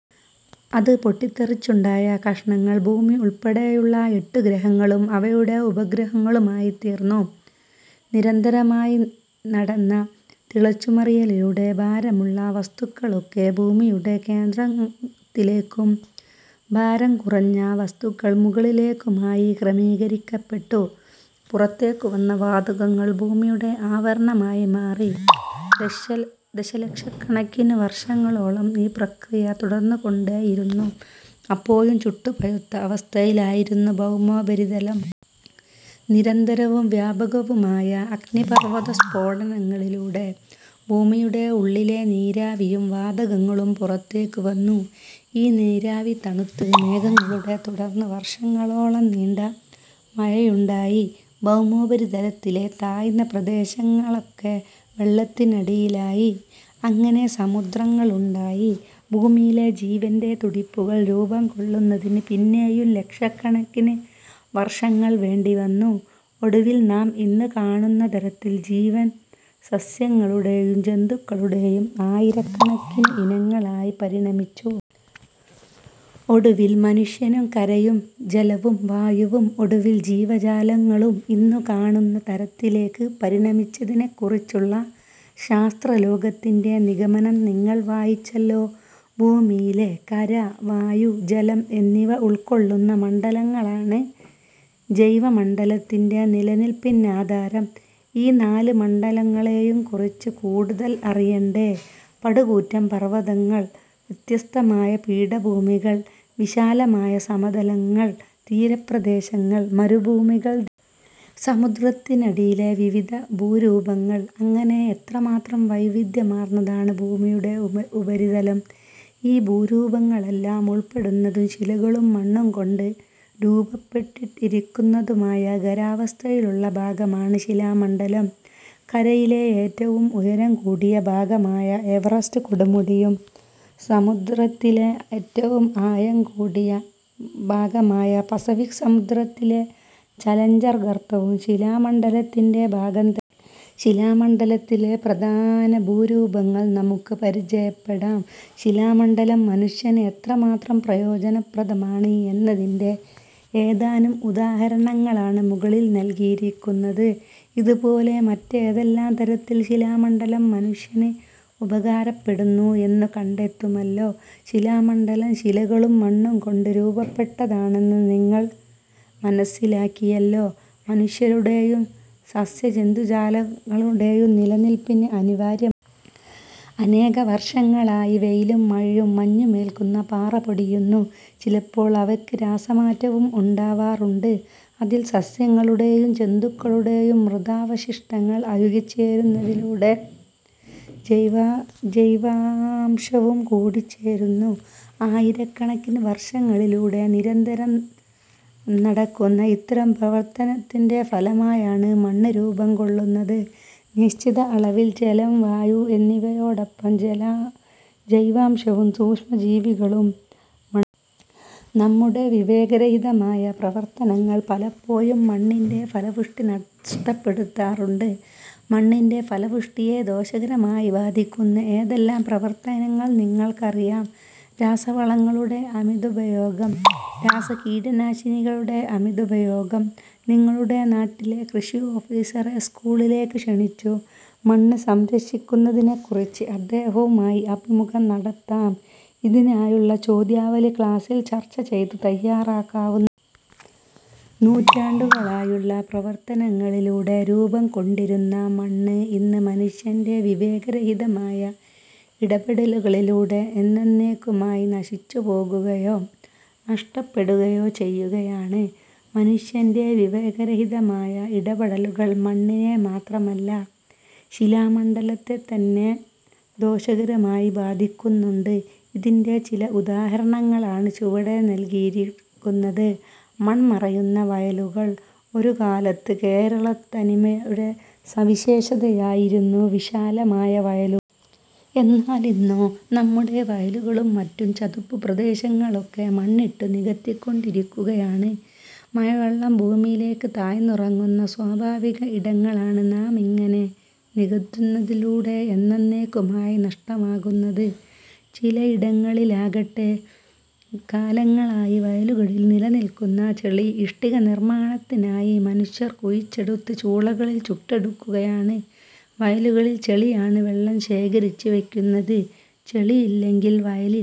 അത് പൊട്ടിത്തെറിച്ചുണ്ടായ കഷണങ്ങൾ ഭൂമി ഉൾപ്പെടെയുള്ള എട്ടു ഗ്രഹങ്ങളും അവയുടെ ഉപഗ്രഹങ്ങളുമായിത്തീർന്നു. നിരന്തരമായി നടന്ന തിളച്ചുമറിയലിലൂടെ ഭാരമുള്ള വസ്തുക്കളൊക്കെ ഭൂമിയുടെ കേന്ദ്രത്തിലേക്കും ഭാരം കുറഞ്ഞ വസ്തുക്കൾ മുകളിലേക്കുമായി ക്രമീകരിക്കപ്പെട്ടു. പുറത്തേക്കു വന്ന വാതകങ്ങൾ ഭൂമിയുടെ ആവരണമായി മാറി. ദശലക്ഷക്കണക്കിനു വർഷങ്ങളോളം ഈ പ്രക്രിയ തുടർന്നുകൊണ്ടേയിരുന്നു. അപ്പോഴും ചുട്ടുപഴുത്ത അവസ്ഥയിലായിരുന്നു ഭൗമോപരിതലം. നിരന്തരവും വ്യാപകവുമായുണ്ടായ അഗ്നിപർവ്വത സ്ഫോടനങ്ങളിലൂടെ ഭൂമിയുടെ ഉള്ളിലെ നീരാവിയും വാതകങ്ങളും പുറത്തേക്കുവന്നു. ഈ നീരാവി തണുത്ത് മേഘങ്ങളും തുടർന്ന് വർഷങ്ങളോളം നീണ്ട മഴയുമുണ്ടായി. ഭൗമോപരിതലത്തിലെ താഴ്ന്ന പ്രദേശങ്ങളൊക്കെ വെള്ളത്തിനടിയിലായി. അങ്ങനെ സമുദ്രങ്ങളുണ്ടായി. ഭൂമിയിൽ ജീവന്റെ തുടിപ്പുകൾ രൂപംകൊള്ളുന്നതിന് പിന്നെയും ലക്ഷക്കണക്കിന് വർഷങ്ങൾ വേണ്ടിവന്നു. ഒടുവിൽ നാം ഇന്നു കാണുന്ന തരത്തിൽ ജീവൻ, സസ്യങ്ങളുടെയും ജന്തുക്കളുടെയും ആയിരക്കണക്കിന് ഇനങ്ങളായി പരിണമിച്ചു... ഒടുവിൽ മനുഷ്യനും. കരയും ജലവും വായുവും ഒടുവിൽ ജീവജാലങ്ങളും ഇന്നു കാണുന്ന തരത്തിലേക്ക് പരിണമിച്ചതിനെക്കുറിച്ചുള്ള ശാസ്ത്രലോകത്തിന്റെ നിഗമനം നിങ്ങൾ വായിച്ചല്ലോ. ഭൂമിയിലെ കര, വായു, ജലം എന്നിവ ഉൾക്കൊള്ളുന്ന മണ്ഡലങ്ങളാണ് ജൈവമണ്ഡലത്തിന്റെ നിലനിൽപ്പിനാധാരം. ഈ നാല് മണ്ഡലങ്ങളെയും കുറിച്ച് കൂടുതൽ അറിയണ്ടേ? പടുകൂറ്റൻ പർവ്വതങ്ങൾ, വിസ്തൃതമായ പീഠഭൂമികൾ, വിശാലമായ സമതലങ്ങൾ, തീര പ്രദേശങ്ങൾ, മരുഭൂമികൾ, ദ്വീപുകൾ... സമുദ്രത്തിനടിയിലെ വിവിധ ഭൂരൂപങ്ങൾ... അങ്ങനെ എത്രമാത്രം വൈവിധ്യമാർന്നതാണ് ഭൂമിയുടെ ഉപരിതലം! ഈ ഭൂരൂപങ്ങളെല്ലാം ഉൾപ്പെടുന്നതും ശിലകളും മണ്ണും കൊണ്ട് രൂപപ്പെട്ടിരിക്കുന്നതുമായ ഖരാവസ്ഥയിലുള്ള ഭാഗമാണ് ശിലാമണ്ഡലം. കരയിലെ ഏറ്റവും ഉയരം കൂടിയ ഭാഗമായ എവറസ്റ്റ് കൊടുമുടിയും സമുദത്തിലെ ഏറ്റവും ആഴം കൂടിയ ഭാഗമായ പസഫിക് സമുദ്രത്തിലെ ചലഞ്ചർ ഗർത്തവും ശിലാമണ്ഡലത്തിന്റെ ഭാഗം തന്നെ! ശിലാമണ്ഡലത്തിലെ പ്രധാന ഭൂരൂപങ്ങൾ നമുക്ക് പരിചയപ്പെടാം. ശിലാമണ്ഡലം മനുഷ്യന് എത്രമാത്രം പ്രയോജനപ്രദമാണ് എന്നതിന്റെ ഏതാനും ഉദാഹരണങ്ങളാണ് മുകളിൽ നൽകിയിരിക്കുന്നത്. ഇതുപോലെ മറ്റേതെല്ലാം തരത്തിൽ ശിലാമണ്ഡലം മനുഷ്യന് ഉപകാരപ്പെടുന്നു എന്നു കണ്ടെത്തുമല്ലോ. ശിലാമണ്ഡലം ശിലകളും മണ്ണും കൊണ്ട് രൂപപ്പെട്ടതാണെന്ന് നിങ്ങൾ മനസ്സിലാക്കിയല്ലോ. മനുഷ്യരുടെയും സസ്യജന്തുജാലങ്ങളുടെയും നിലനിൽപ്പിന് അനിവാര്യമാണ് മണ്ണ്. അനേകവർഷങ്ങളായി വെയിലും മഴയും മഞ്ഞുമേൽക്കുന്ന പാറ പൊടിയുന്നു. ചിലപ്പോൾ അവയ്ക്ക് രാസമാറ്റവും ഉണ്ടാകാറുണ്ട്. അതിൽ സസ്യങ്ങളുടെയും ജന്തുക്കളുടെയും മൃതാവശിഷ്ടങ്ങൾ അഴുകിച്ചേരുന്നതിലൂടെ ജൈവാംശവും കൂടിച്ചേരുന്നു. ആയിരക്കണക്കിന് വർഷങ്ങളിലൂടെ നിരന്തരം നടക്കുന്ന ഇത്തരം പ്രവർത്തനങ്ങളുടെ ഫലമായാണ് മണ്ണ് രൂപംകൊള്ളുന്നത്. നിശ്ചിത അളവിൽ ജലം, വായു എന്നിവയോടൊപ്പം ജൈവാംശവും സൂക്ഷ്മജീവികളും മണ്ണിലുണ്ട്. നമ്മുടെ വിവേകരഹിതമായ പ്രവർത്തനങ്ങൾ പലപ്പോഴും മണ്ണിന്റെ ഫലപുഷ്ടി നഷ്ടപ്പെടുത്താറുണ്ട്. മണ്ണിന്റെ ഫലപുഷ്ടിയെ ദോഷകരമായി ബാധിക്കുന്ന ഏതെല്ലാം പ്രവർത്തനങ്ങൾ നിങ്ങൾക്കറിയാം? രാസവളങ്ങളുടെ അമിതോപയോഗം. രാസകീടനാശിനികളുടെ അമിതോപയോഗം. നിങ്ങളുടെ നാട്ടിലെ കൃഷി ഓഫീസറെ സ്കൂളിലേക്ക് ക്ഷണിച്ചു മണ്ണ് സംരക്ഷണത്തെക്കുറിച്ച് അദ്ദേഹവുമായി അഭിമുഖം നടത്താം. ഇതിനായുള്ള ചോദ്യാവലി ക്ലാസിൽ ചർച്ച ചെയ്ത് തയ്യാറാക്കാവുന്നതാണ്. നൂറ്റാണ്ടുകളായുള്ള പ്രവർത്തനങ്ങളിലൂടെ രൂപംകൊണ്ടിട്ടുള്ള മണ്ണ് ഇന്ന് മനുഷ്യന്റെ വിവേകരഹിതമായ ഇടപെടലുകളിലൂടെ എന്നെന്നേയ്ക്കുമായി നശിച്ചുപോകുകയോ നഷ്ടപ്പെടുകയോ ചെയ്യുകയാണ്. മനുഷ്യന്റെ വിവേകരഹിതമായ ഇടപെടലുകൾ മണ്ണിനെ മാത്രമല്ല ശിലാമണ്ഡലത്തെത്തന്നെ ദോഷകരമായി ബാധിക്കുന്നുണ്ട്. ഇതിന്റെ ചില ഉദാഹരണങ്ങളാണ് ചുവടെ നൽകിയിട്ടുള്ളത്. മൺമറയുന്ന വയലുകൾ. ഒരു കാലത്ത് കേരളത്തനിമയുടെ സവിശേഷതയായിരുന്നു വിശാലമായ വയലുകൾ. എന്നാലിന്നോ? നമ്മുടെ വയലുകളും മറ്റു ചതുപ്പുപ്രദേശങ്ങളുമൊക്കെ മണ്ണിട്ടു നികത്തിക്കൊണ്ടിരിക്കുകയാണ്. മഴവെള്ളം ഭൂമിയിലേക്ക് താഴ്ന്നിറങ്ങുന്ന സ്വാഭാവിക ഇടങ്ങളാണ് നാമിങ്ങനെ നികത്തുന്നതിലൂടെ എന്നെന്നേയ്ക്കുമായി നഷ്ടമാകുന്നത്. ചിലയിടങ്ങളിലാകട്ടെ കാലങ്ങളായി വയലുകളിൽ നിലനിൽക്കുന്ന ചെളി ഇഷ്ടിക നിർമ്മാണത്തിനായി മനുഷ്യർ കുഴിച്ചെടുത്ത് ചൂളകളിൽ ചുട്ടെടുക്കുകയാണ്. വയലുകളിൽ ചെളിയാണ് വെള്ളം ശേഖരിച്ചു വയ്ക്കുന്നത്. ചെളിയില്ലെങ്കിൽ വയലില്ല.